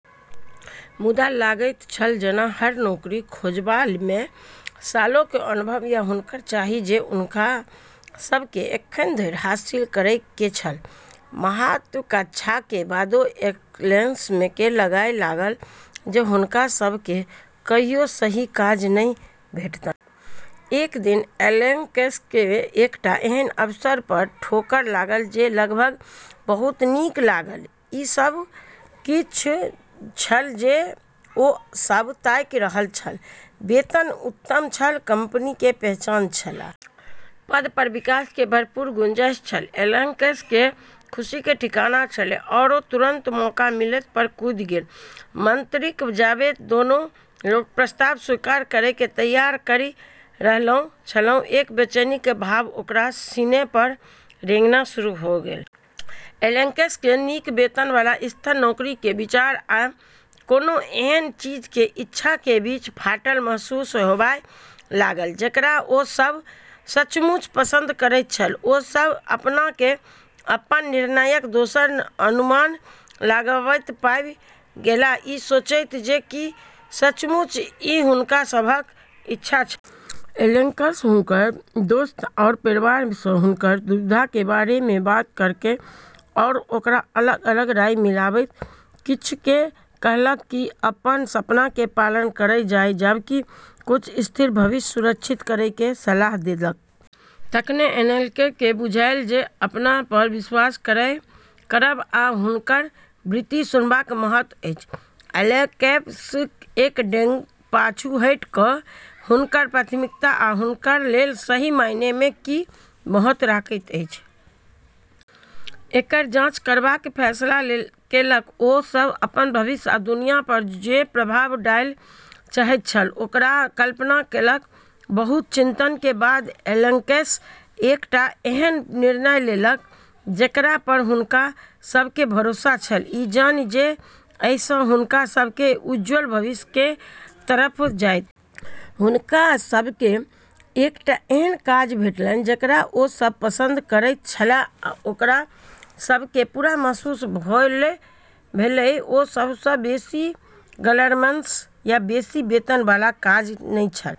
मुदा लगैत छल जेना हर नौकरी खुजबा मे सालों के अनुभव या हुनर चाही जे हुनका सब के एखन धरि हासिल करय के छल, महत्वाकांक्षाक बादो एलेक्स केँ लागय लागल जे हुनका सभ केँ कहियो सही काज नहि भेटतनि। एक दिन एलेक्स के एकटा एहन अवसर पर ठोकर लागल जे लगभग बहुत नीक लागल, ई सब किछु छल जे ओ सब ताकि रहल छल वेतन उत्तम छल, कंपनी के पहचान छल आ पद पर विकास के भरपूर गुंजाइश छल, एलेक्स के खुशी के ठिकाना छेलै आरो तुरंत मौका मिलला पर कूदी गेलै, मतरकि जबे दोनों लोग प्रस्ताव स्वीकार करै के तैयारी करी रहलो छेलै, एक बेचैनी के भाव ओकरा सिनी पर रेंगना शुरू होय गेलै। एलेक्स के नीक वेतन वाला स्थिर नौकरी के विचार आ कोनो एहन चीज के इच्छा के बीच फाटल महसूस होबय लागल जेकरा ओ सब सचमुच पसंद करैत छल ओ सभ अपना केँ अपन निर्णयक दोसर अनुमान लगाबैत पाबि गेलाह, ई सोचैत जे की सचमुच ई हुनका सभक इच्छा छलनि। एलेक्स हुनकऽ दोस्त आरू परिवार से हुनकऽ दुविधा के बारे मे बात करलकै आरू ओकरा अलग-अलग राय मिललै, कुछ नै कहलकै कि अपनऽ सपना के पालन करलऽ जाय जबकि कुछ स्थिर भविष्य सुरक्षित करै के सलाह देलकै। तखने एलेक्स के बुझायल जे अपना पर विश्वास करब आ हुनकर वृत्ति सुनबाक महत्व अछि, एलेक्स एक डेग पाछू हटि कए हुनकर प्राथमिकता आ हुनका लेल सही मायने मे की महत्व रखैत अछि, एकर जांच करबाक फैसला केलक ओ सब अपन भविष्य आ दुनिया पर जे प्रभाव डालय चाहैत छल ओकर कल्पना केलक, बहुत चिंतन के बाद एलेक्स एकटा एहन निर्णय लेलक जेकरा पर हुनका सब के भरोसा छल, ई जानि जे एहि स हुनका सब के उज्जवल भविष्य के तरफ ल जायत। हुनका सब के एकटा एहन काज भेटल जेकरा ओ सब पसंद करैत छल आ ओकरा सब के पूरा महसूस भेल, भले ओ सबस बेसी ग्लैमरस या बेसी वेतन वाला काज नै छल।